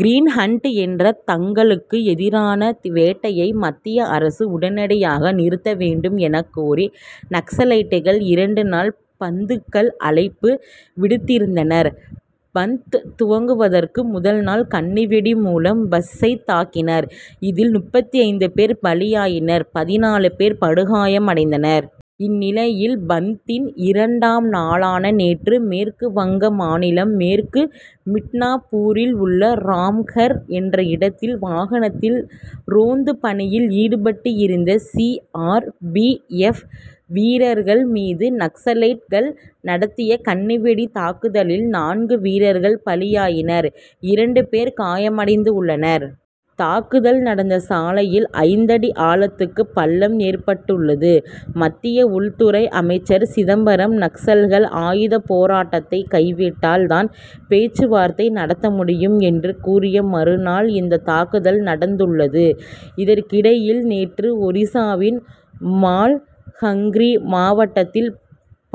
"Green hunt' என்ற தங்களுக்கு எதிரான வேட்டையை மத்திய அரசு உடனடியாக நிறுத்த வேண்டும் எனக்கோரி, நக்சலைட்கள், இரண்டு நாள், "பந்த்துகள் அழைப்பு விடுத்திருந்தனர். "பந்த்' துவங்குவதற்கு முதல்நாள், கண்ணி வெடி மூலம் பஸ்சைத் தாக்கினர். இதில், முப்பத்தி ஐந்து பேர் பலியாயினர்; பதிநாலு பேர் படுகாயமடைந்தனர். இந்நிலையில், "பந்த்'தின் இரண்டாம் நாளான நேற்று, மேற்கு வங்க மாநிலம், மேற்கு மிட்னாப்பூரில் உள்ள ராம்கர் என்ற இடத்தில், வாகனத்தில் ரோந்துப் பணியில் ஈடுபட்டிருந்த சி. ஆர். பி. எப்., வீரர்கள் மீது நக்சலைட் கள் நடத்திய கண்ணிவெடித் தாக்குதலில், நான்கு வீரர்கள் பலியாயினர்; இரண்டு பேர் காயமடைந்துள்ளனர். தாக்குதல் நடந்த சாலையில், ஐந்தடி ஆழத்துக்குப் பள்ளம் ஏற்பட்டுள்ளது. மத்திய உள்துறை அமைச்சர் சிதம்பரம், நக்சல்கள் ஆயுதப் போராட்டத்தைக் கைவிட்டால் தான் பேச்சுவார்த்தை நடத்த முடியும் என்று கூறிய மறுநாள், இந்தத் தாக்குதல் நடந்துள்ளது. இதற்கிடையில், நேற்று ஒரிசாவில் மால்கங்கிரி மாவட்டத்தில்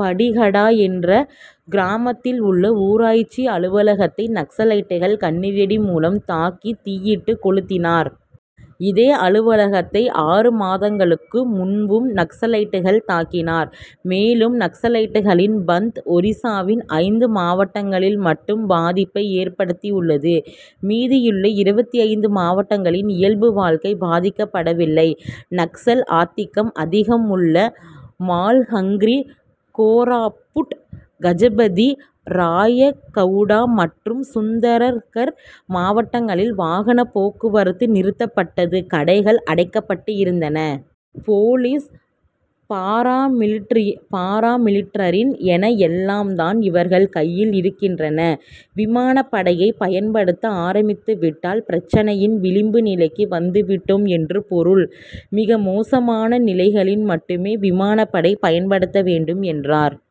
படிகடா என்ற கிராமத்திலுள்ள ஊராட்சி அலுவலகத்தை, நக்சலைட்கள் கண்ணி வெடி மூலம் தாக்கித் தீயிட்டுக் கொளுத்தினார். இதே அலுவலகத்தை ஆறு மாதங்களுக்கு முன்பும் நக்சலைட்கள் தாக்கினார். மேலும், நக்சலைட்களின், "பந்த்,' ஒரிசாவின் ஐந்து மாவட்டங்களில் மட்டும் பாதிப்பை ஏற்படுத்தியுள்ளது. மீதியுள்ள இருவத்தி ஐந்து மாவட்டங்களில், இயல்பு வாழ்க்கை பாதிக்கப்படவில்லை. நக்சல் ஆதிக்கம் அதிகம் உள்ள மால்கங்கிரி, கோராபுட், கஜபதி, ராயகவுடா மற்றும் சுந்தரர்கர் மாவட்டங்களில் வாகனப் போக்குவரத்து நிறுத்தப்பட்டது; கடைகள் அடைக்கப்பட்டிருந்தன. போலீஸ், பாராமிலிட்டிரி பாராமிலட்டரி என எல்லாம் தான் இவர்கள் கையில் இருக்கின்றன. "விமானப் படையைப் பயன்படுத்த ஆரம்பித்துவிட்டால், பிரச்னையின் விளிம்பு நிலைக்கு வந்துவிட்டோம் என்று பொருள். மிகமோசமான நிலைகளில் மட்டுமே விமானப் படை பயன்படுத்தப்பட வேண்டும்' என்றார்.